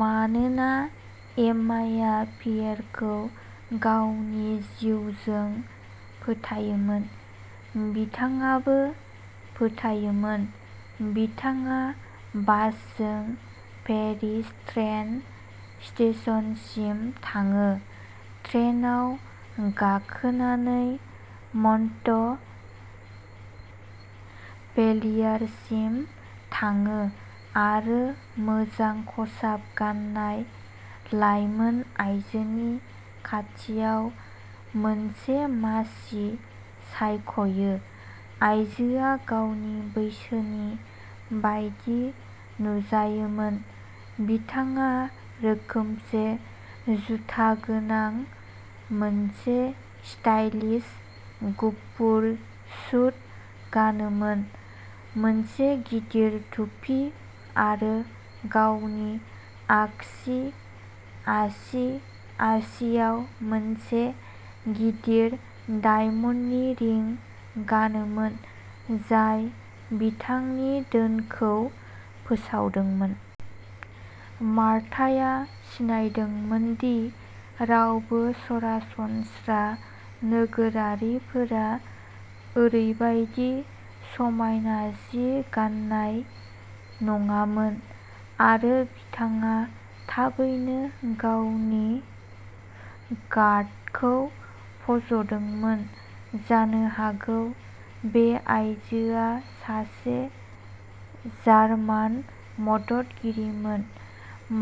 मानोना एम्माया पियेरखौ गावनि जिउजों फोथायोमोन, बिथाङाबो फोथायोमोन। बिथाङा बासजों पेरिस ट्रेन स्टेशनसिम थाङो, ट्रेनआव गाखोनानै मन्टपेलियारसिम थाङो, आरो मोजां खसाब गान्नाय लाइमोन आइजोनि खाथियाव मोनसे मासि सायख'यो। आयजोआ गावनि बैसोनि बायदि नुजायोमोन, बिथाङा रोखोमसे जुथा गोनां मोनसे स्टाइलिश गुफुर सुट गानोमोन, मोनसे गिदिर टुपि, आरो गावनि आगसि आसि आसिआव मोनसे गिदिर डायमन्डनि रिं गानोमोन जाय बिथांनि धोनखौ फोसावदोंमोन। मार्ताया सिनायदोंमोन दि रावबो सरासनस्रा नोगोरारिफोरा ओरैबायदि समायना जि गान्नाय नङामोन, आरो बिथाङा थाबैनो गावनि गार्डखौ फज'दोंमोन। जानो हागौ बे आइजोआ सासे जार्मान मददगिरिमोन।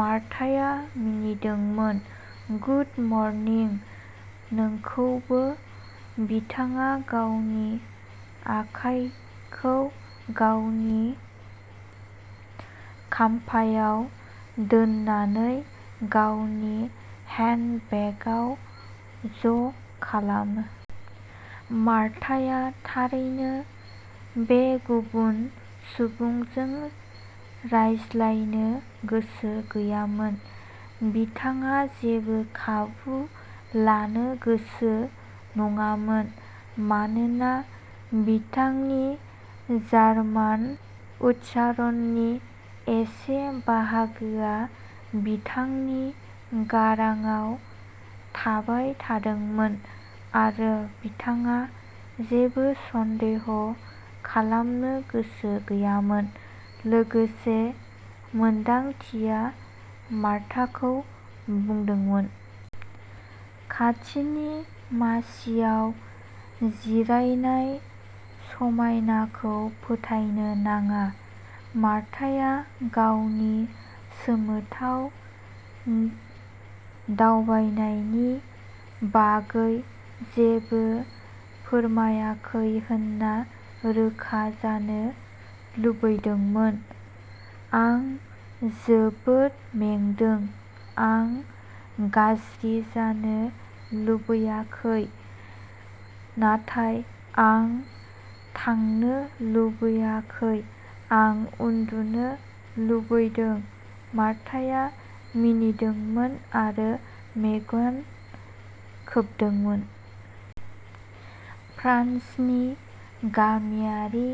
मार्ताया मिनिदोंमोन। "गुड मर्निं, नोंखौबो।" बिथाङा गावनि आखाइखौ गावनि खप्पायाव दोननानै गावनि हेन्डबेगआव ज'खालामो। मार्ताया थारैनो बे गुबुन सुबुंजों रायज्लायनो गोसो गैयामोन। बिथाङा जेबो खाबु लानो गोसो नङामोन मानोना बिथांनि जार्मान उच्चारणनि एसे बाहागोआ बिथांनि गारांआव थाबाय थादोंमोन, आरो बिथाङा जेबो सन्देह खालामनो गोसो गैयामोन। लोगोसे, मोनदांथिया मार्ताखौ बुंदोंमोन। खाथिनि मासिआव जिरायनाय समायनाखौ फोथायनो नाङा। मार्ताया गावनि सोमोथाव दावबायनायनि बागै जेबो फोरमायाखै होनना रोखा जानो लुबैदोंमोन। "आं जोबोद मेंदों। आं गाज्रि जानो लुबैयाखै, नाथाय आं थांनो लुबैयाखै। आं उन्दुनो लुबैदों।" मार्ताया मिनिदोंमोन आरो मेगन खोबदोंमोन। फ्रान्सनि गामियारि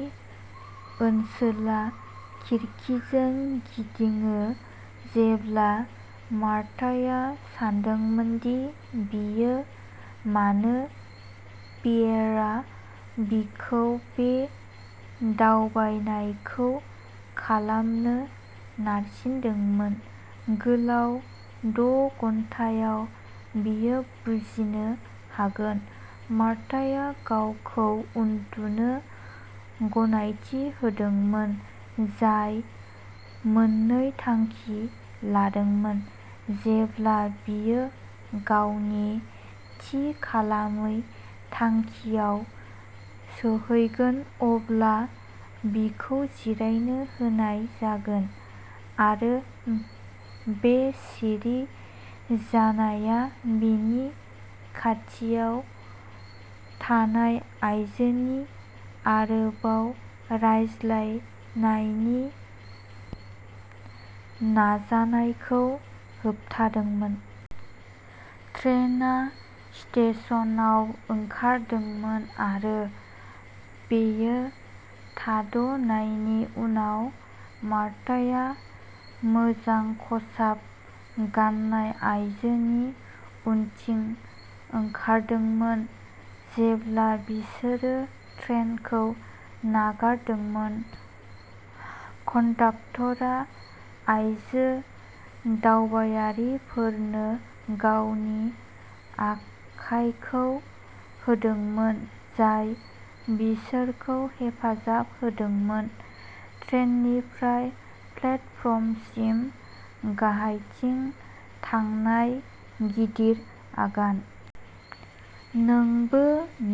ओनसोला खिरखिजों गिदिङो जेब्ला मार्ताया सानदोंमोन दि बियो मानो पियेरआ बिखौ बे दावबायनायखौ खालामनो नारसिनदोंमोन। गोलाव द'घन्टायाव, बियो बुजिनो हागोन। मार्ताया गावखौ उन्दुनो गनायथि होदोंमोन जाय मोननै थांखि लादोंमोन। जेब्ला बियो गावनि थि खालामै थांखिआव सौहैगोन अब्ला बिखौ जिरायनो होनाय जागोन, आरो बे सिरि जानाया बिनि खाथियाव थानाय आइजोनि आरोबाव रायज्लायनायनि नाजानायखौ होबथादोंमोन। ट्रेनआ स्टेशनआव ओंखारदोंमोन, आरो बेयो थाद'नायनि उनाव, मार्ताया मोजां खसाब गान्नाय आइजोनि उनथिं ओंखारदोंमोन। जेब्ला बिसोरो ट्रेनखौ नागारदोंमोन, कन्डाकटारा आयजो दावबायारिफोरनो गावनि आखायखौ होदोंमोन, जाय बिसोरखौ हेफाजाब होदोंमोन। ट्रेननिफ्राय प्लेटफर्मसिम गाहायथिं थांनाय गिदिर आगान। "नोंबो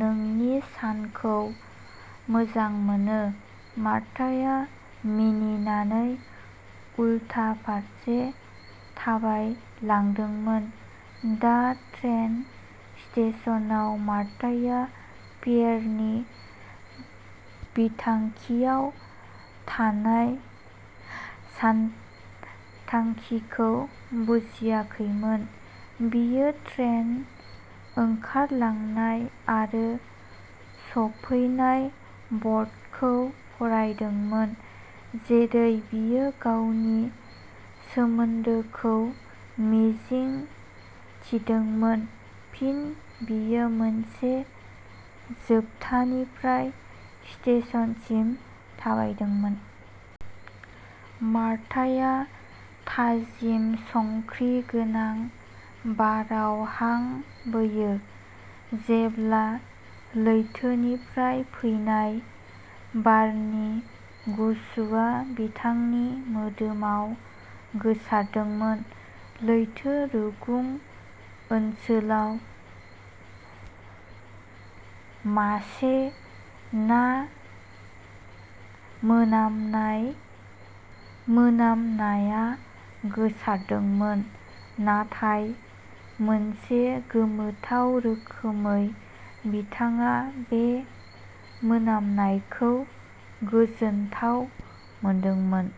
नोंनि सानखौ मोजां मोनो।" मार्ताया मिनिनानै उलथा फारसे थाबायलांदोंमोन। दा ट्रेन स्टेशनआव मार्ताया पियेरनि बिथांखियाव थानाय सानथांखिखौ बुजियाखैमोन। बियो ट्रेन ओंखारलांनाय आरो सफैनाय बर्डखौ फरायदोंमोन, जेरै बियो गावनि सोमोन्दोखौ मिजिं थिदोंमोन। फिन बियो मोनसे जोबथानिफ्राय स्टेशनसिम थाबायदोंमोन। मार्ताया थाजिम संख्रि गोनां बाराव हां बोयो जेब्ला लैथोनिफ्राय फैनाय बारनि गुसुआ बिथांनि मोदोमाव गोसारदोंमोन। लैथो रुगुं ओनसोलाव मासे ना मोनामनाय मोनामनाया गोसारदोंमोन, नाथाय मोनसे गोमोथाव रोखोमै, बिथाङा बे मोनामनायखौ गोजोनथाव मोनदोंमोन।